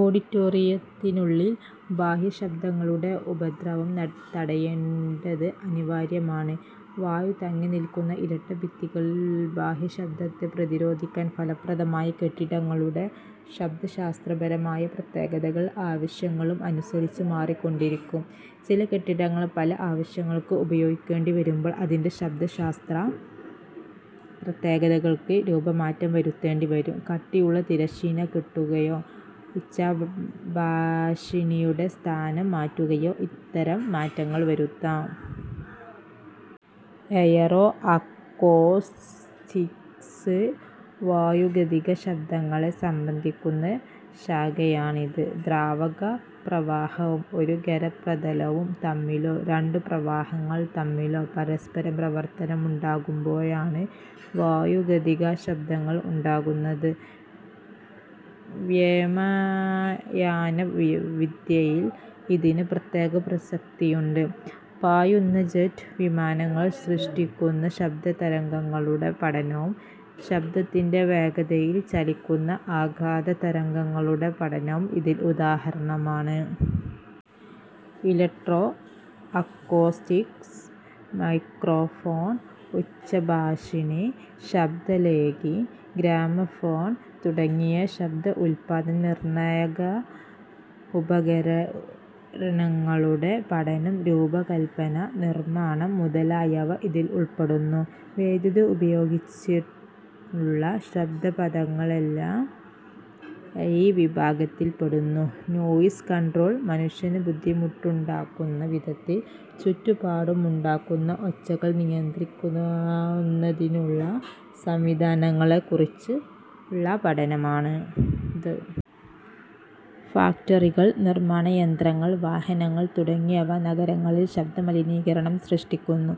ഓഡിറ്റോറിയത്തിനുള്ളിൽ ബാഹ്യശബ്ദങ്ങളുടെ ഉപദ്രവം തടയേണ്ടത് അനിവാര്യമാണ്. വായു തങ്ങിനിൽക്കുന്ന ഇരട്ട ഭിത്തികൾ ബാഹ്യശബ്ദത്തെ പ്രതിരോധിക്കാൻ ഫലപ്രദമാണ്. കെട്ടിടങ്ങളുടെ ശബ്ദശാസ്ത്രപരമായ പ്രത്യേകതകൾ ആവശ്യങ്ങൾക്ക് അനുസരിച്ച് മാറിക്കൊണ്ടിരിക്കും. ചില കെട്ടിടങ്ങൾ പല ആവശ്യങ്ങൾക്ക് ഉപയോഗിക്കേണ്ടിവരുമ്പോൾ അതിൻ്റെ ശബ്ദശാസ്ത്ര പ്രത്യേകതകൾക്ക് രൂപമാറ്റം വരുത്തേണ്ടിവരും. കട്ടിയുള്ള തിരശ്ശീല കെട്ടിയോ ഉച്ചഭാഷിണിയുടെ സ്ഥാനം മാറ്റിയോ ഇത്തരം മാറ്റങ്ങൾ വരുത്താം. എയറോഅക്കോസ്റ്റിക്സ് വായുഗതിക ശബ്ദങ്ങളെ സംബന്ധിക്കുന്ന ശാഖയാണിത്. ദ്രാവക പ്രവാഹവും ഒരു ഖര പ്രതലവും തമ്മിലോ രണ്ടു പ്രവാഹങ്ങൾ തമ്മിലോ പരസ്പര പ്രവർത്തനമുണ്ടാകുമ്പോഴാണ് വായുഗതിക ശബ്ദങ്ങൾ ഉണ്ടാകുന്നത്. വ്യോമയാന വിദ്യയിൽ ഇതിന് പ്രത്യേക പ്രസക്തിയുണ്ട്. പായുന്ന ജെറ്റ് വിമാനങ്ങൾ സൃഷ്ടിക്കുന്ന ശബ്ദതരംഗങ്ങളുടെ പഠനവും ശബ്ദത്തിൻ്റെ വേഗതയിൽ ചലിക്കുന്ന ആഘാത തരംഗങ്ങളുടെ പഠനവും ഇതിന് ഉദാഹരണമാണ്. ഇലക്ട്രോ അക്കോസ്റ്റിക്സ് മൈക്രോഫോൺ, ഉച്ചഭാഷിണി, ശബ്ദലേഖി, ഗ്രാമഫോൺ തുടങ്ങിയ ശബ്ദ ഉൽപ്പാദന നിർണ്ണയന ഉപകരണങ്ങളുടെ പഠനം, രൂപകൽപ്പന, നിർമ്മാണം മുതലായവ ഇതിൽ ഉൾപ്പെടുന്നു. വൈദ്യുതി ഉപയോഗിച്ചുള്ള ശബ്ദപഠനങ്ങളെല്ലാം ഈ വിഭാഗത്തിൽപ്പെടുന്നു. നോയിസ് കൺട്രോൾ മനുഷ്യന് ബുദ്ധിമുട്ടുണ്ടാക്കുന്ന വിധത്തിൽ ചുറ്റുപാടും ഉണ്ടാകുന്ന ഒച്ചകൾ നിയന്ത്രിക്കുന്നതിനുള്ള സംവിധാനങ്ങളെക്കുറിച്ചുള്ള പഠനമാണിത്. ഫാക്ടറികൾ, നിർമ്മാണ യന്ത്രങ്ങൾ, വാഹനങ്ങൾ തുടങ്ങിയവ നഗരങ്ങളിൽ ശബ്ദമലിനീകരണം സൃഷ്ടിക്കുന്നു.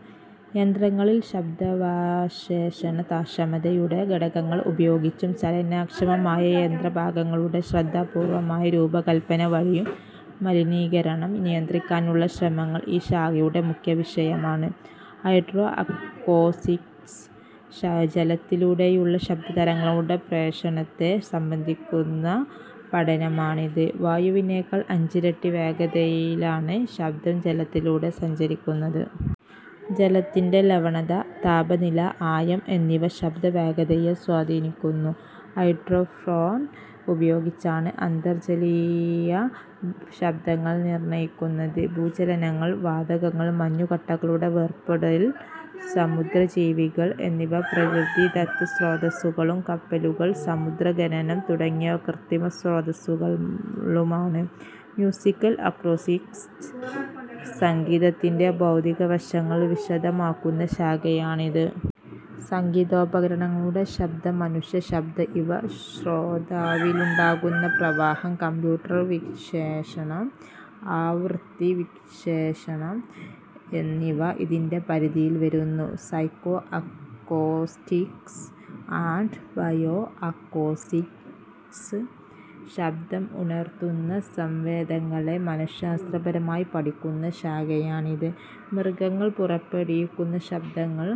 യന്ത്രങ്ങളിൽ ശബ്ദാവശോഷണ ക്ഷമതയുള്ള ഘടകങ്ങൾ ഉപയോഗിച്ചും ചലനക്ഷമമായ യന്ത്രഭാഗങ്ങളുടെ ശ്രദ്ധാപൂർവ്വമായ രൂപകൽപ്പന വഴിയും ശബ്ദമലിനീകരണം നിയന്ത്രിക്കാനുള്ള ശ്രമങ്ങൾ ഈ ശാഖയുടെ മുഖ്യ വിഷയമാണ്. ഹൈഡ്രോ അക്കോസ്റ്റിക്സ് ജലത്തിലൂടെയുള്ള ശബ്ദതരംഗങ്ങളുടെ പ്രേഷണത്തെ സംബന്ധിക്കുന്ന പഠനമാണിത്. വായുവിനേക്കാൾ അഞ്ചിരട്ടി വേഗതയിലാണ് ശബ്ദം ജലത്തിലൂടെ സഞ്ചരിക്കുന്നത്. ജലത്തിൻ്റെ ലവണത, താപനില, ആഴം എന്നിവ ശബ്ദവേഗതയെ സ്വാധീനിക്കുന്നു. ഹൈഡ്രോഫോൺ ഉപയോഗിച്ചാണ് അന്തർജലീയ ശബ്ദങ്ങൾ നിർണ്ണയിക്കുന്നത്. ഭൂചലനങ്ങൾ, വാതങ്ങൾ, മഞ്ഞുകട്ടകളുടെ വേർപെടൽ, സമുദ്രജീവികൾ എന്നിവ പ്രകൃതിദത്ത സ്രോതസ്സുകളും കപ്പലുകൾ, സമുദ്ര ഖനനം തുടങ്ങിയവ കൃത്രിമ സ്രോതസ്സുകളുമാണ്. മ്യൂസിക്കൽ അക്കോസ്റ്റിക്സ് സംഗീതത്തിൻ്റെ ഭൗതിക വശങ്ങൾ വിശദമാക്കുന്ന ശാഖയാണിത്. സംഗീതോപകരണങ്ങളുടെ ശബ്ദം, മനുഷ്യശബ്ദം ഇവ ശ്രോതാവിലുണ്ടാക്കുന്ന പ്രഭാവം, കമ്പ്യൂട്ടർ വിശ്ലേഷണം, ആവൃത്തി വിശ്ലേഷണം എന്നിവ ഇതിൻ്റെ പരിധിയിൽ വരുന്നു. Psycho acoustics and bio acoustics ശബ്ദം ഉണർത്തുന്ന സംവേദനങ്ങളെ മനഃശാസ്ത്രപരമായി പഠിക്കുന്ന ശാഖയാണിത്. മൃഗങ്ങൾ പുറപ്പെടുവിക്കുന്ന ശബ്ദങ്ങൾ,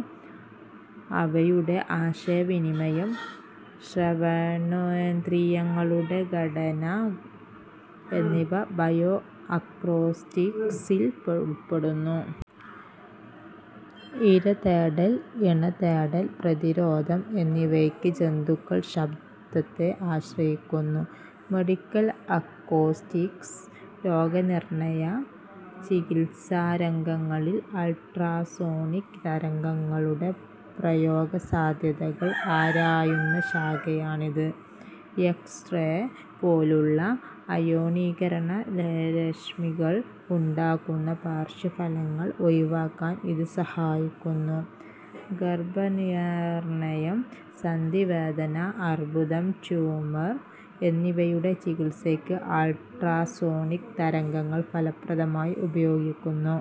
അവയുടെ ആശയവിനിമയം, ശ്രവണേന്ദ്രിയങ്ങളുടെ ഘടന എന്നിവ ബയോ അക്കോസ്റ്റിക്സിൽ ഉൾപ്പെടുന്നു. ഇരതേടൽ, ഇണതേടൽ, പ്രതിരോധം എന്നിവയ്ക്ക് ജന്തുക്കൾ ശബ്ദത്തെ ആശ്രയിക്കുന്നു. മെഡിക്കൽ അക്കോസ്റ്റിക്സ് രോഗനിർണ്ണയ-ചികിത്സാരംഗങ്ങളിൽ അൾട്രാസോണിക് തരംഗങ്ങളുടെ പ്രയോഗസാധ്യതകൾ ആരായുന്ന ശാഖയാണിത്. എക്സ്-റേ പോലെയുള്ള അയോണീകരണ രശ്മികൾ ഉണ്ടാക്കുന്ന പാർശ്വഫലങ്ങൾ ഒഴിവാക്കാൻ ഇത് സഹായിക്കുന്നു. ഗർഭനിർണ്ണയം, സന്ധിവേദന, അർബുദം, ട്യൂമർ എന്നിവയുടെ ചികിത്സയ്ക്ക് അൾട്രാസോണിക് തരംഗങ്ങൾ ഫലപ്രദമായി ഉപയോഗിക്കുന്നു.